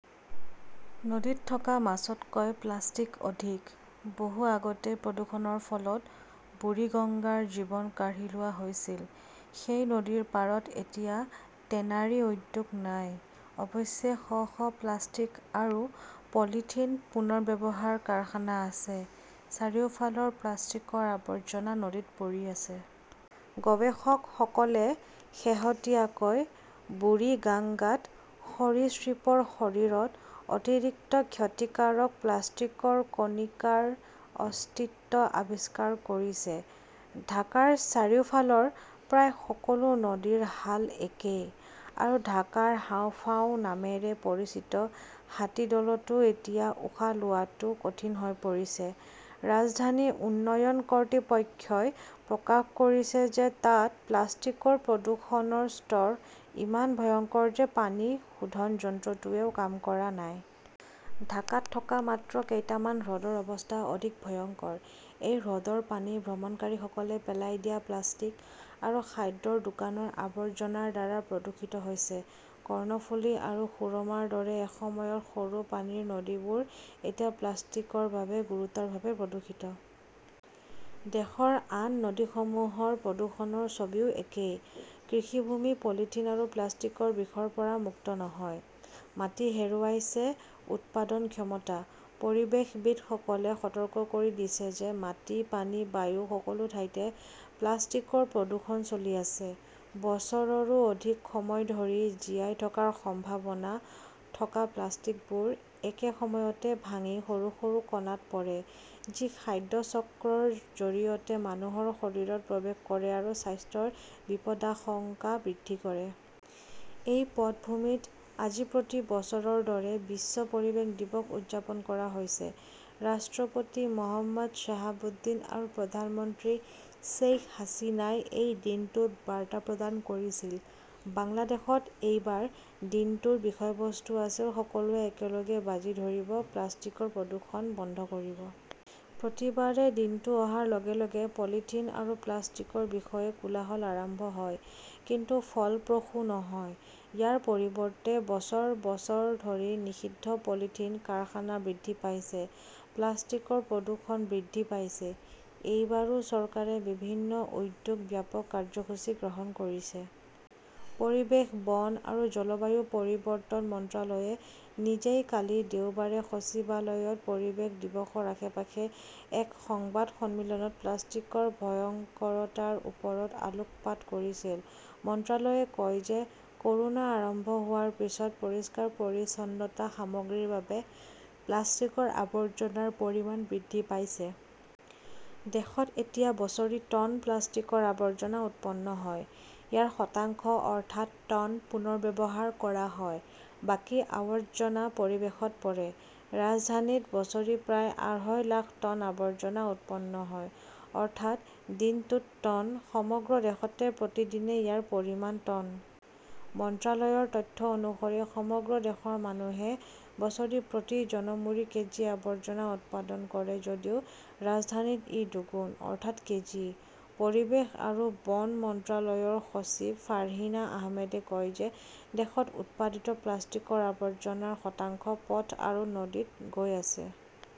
নদীত থকা মাছতকৈ প্লাষ্টিক অধিক। বহু আগতেই প্ৰদূষণৰ ফলত বুৰিগঙ্গাৰ জীৱন কাঢ়ি লোৱা হৈছিল। সেই নদীৰ পাৰত এতিয়া টেনাৰী উদ্যোগ নাই। অৱশ্যে, শ শ প্লাষ্টিক আৰু পলিথিন পুনৰ্ব্যৱহাৰ কাৰখানা আছে। চাৰিওফালৰ প্লাষ্টিকৰ আৱৰ্জনা নদীত পৰি আছে। গৱেষকসকলে শেহতীয়াকৈ বুৰিগাংগাত সৰীসৃপৰ শৰীৰত অতিৰিক্ত ক্ষতিকাৰক প্লাষ্টিকৰ কণিকাৰ অস্তিত্ব আৱিষ্কাৰ কৰিছে। ঢাকাৰ চাৰিওফালৰ প্ৰায় সকলো নদীৰ হাল একেই। আৰু ঢাকাৰ 'হাঁওফাঁও নামেৰে পৰিচিত হাতীদলতো এতিয়া উশাহ লোৱাটোও কঠিন হৈ পৰিছে। ৰাজধানী উন্নয়ন কৰ্তৃপক্ষই প্ৰকাশ কৰিছে যে তাত প্লাষ্টিকৰ প্ৰদূষণৰ স্তৰ ইমান ভয়ংকৰ যে পানী শোধন যন্ত্ৰটোৱেও কাম কৰা নাই। ঢাকাত থকা মাত্ৰ কেইটামান হ্ৰদৰ অৱস্থা অধিক ভয়ংকৰ। এই হ্ৰদৰ পানী ভ্ৰমণকাৰীসকলে পেলাই দিয়া প্লাষ্টিক আৰু খাদ্যৰ দোকানৰ আৱৰ্জনাৰ দ্বাৰা প্ৰদূষিত হৈছে। কৰ্ণফুলি আৰু সুৰমাৰ দৰে এসময়ত সৰু পানীৰ নদীবোৰ এতিয়া প্লাষ্টিকৰ বাবে গুৰুতৰভাৱে প্ৰদূষিত। দেশৰ আন নদীসমূহৰ প্ৰদূষণৰ ছবিও একেই। কৃষিভূমি পলিথিন আৰু প্লাষ্টিকৰ বিষৰ পৰা মুক্ত নহয়। মাটি হেৰুৱাইছে উৎপাদন ক্ষমতা। পৰিৱেশবিদসকলে সতৰ্ক কৰি দিছে যে মাটি, পানী, বায়ু-সকলো ঠাইতে প্লাষ্টিকৰ প্ৰদূষণ চলি আছে। বছৰৰো অধিক সময় ধৰি জীয়াই থকাৰ সম্ভাৱনা থকা প্লাষ্টিকবোৰ একে সময়তে ভাঙি সৰু সৰু কণাত পৰে, যি খাদ্য চক্ৰৰ জৰিয়তে মানুহৰ শৰীৰত প্ৰৱেশ কৰে আৰু স্বাস্থ্যৰ বিপদাশংকা বৃদ্ধি কৰে। এই পটভূমিত আজি প্ৰতি বছৰৰ দৰে বিশ্ব পৰিৱেশ দিৱস উদযাপন কৰা হৈছে। ৰাষ্ট্ৰপতি মহম্মদ শ্বাহাবুদ্দিন আৰু প্ৰধানমন্ত্ৰী শ্বেইখ হাছিনাই এই দিনটোত বাৰ্তা প্ৰদান কৰিছিল। বাংলাদেশত এইবাৰ দিনটোৰ বিষয়বস্তু আছিল সকলোৱে একেলগে বাজি ধৰিব, প্লাষ্টিকৰ প্ৰদূষণ বন্ধ কৰিব। প্ৰতিবাৰে দিনটো অহাৰ লগে লগে পলিথিন আৰু প্লাষ্টিকৰ বিষয়ে কোলাহল আৰম্ভ হয়। কিন্তু ফলপ্ৰসূ নহয়। ইয়াৰ পৰিৱৰ্তে বছৰ বছৰ ধৰি নিষিদ্ধ পলিথিন কাৰখানা বৃদ্ধি পাইছে, প্লাষ্টিকৰ প্ৰদূষণ বৃদ্ধি পাইছে। এইবাৰো চৰকাৰে বিভিন্ন উদ্যোগ, ব্যাপক কাৰ্যসূচী গ্ৰহণ কৰিছে। পৰিৱেশ, বন আৰু জলবায়ু পৰিৱৰ্তন মন্ত্ৰালয়ে নিজেই কালি দেওবাৰে সচিবালয়ত পৰিৱেশ দিৱসৰ আশে-পাশে এক সংবাদ সন্মিলনত প্লাষ্টিকৰ ভয়ংকৰতাৰ ওপৰত আলোকপাত কৰিছিল। মন্ত্ৰালয়ে কয় যে ক’ৰোনা আৰম্ভ হোৱাৰ পিছত পৰিষ্কাৰ-পৰিচ্ছন্নতা সামগ্ৰীৰ বাবে প্লাষ্টিকৰ আৱৰ্জনাৰ পৰিমাণ বৃদ্ধি পাইছে। দেশত এতিয়া বছৰি টন প্লাষ্টিকৰ আৱৰ্জনা উৎপন্ন হয়। ইয়াৰ শতাংশ, অৰ্থাৎ, টন, পুনৰ্ব্যৱহাৰ কৰা হয়। বাকী আৱৰ্জনা পৰিৱেশত পৰে। ৰাজধানীত বছৰি প্ৰায় আঢ়ৈ লাখ টন আৱৰ্জনা উৎপন্ন হয়, অৰ্থাৎ দিনটোত টন। সমগ্ৰ দেশতে প্ৰতিদিনে ইয়াৰ পৰিমাণ, টন। মন্ত্ৰালয়ৰ তথ্য অনুসৰি সমগ্ৰ দেশৰ মানুহে বছৰি প্ৰতি জনমূৰি কেজি আৱৰ্জনা উৎপাদন কৰে যদিও ৰাজধানীত ই দুগুণ, অৰ্থাৎ কেজি। পৰিৱেশ আৰু বন মন্ত্ৰালয়ৰ সচিব ফাৰ্হিনা আহমেদে কয় যে দেশত উৎপাদিত প্লাষ্টিকৰ আৱৰ্জনাৰ শতাংশ পথ আৰু নদীত গৈ আছে।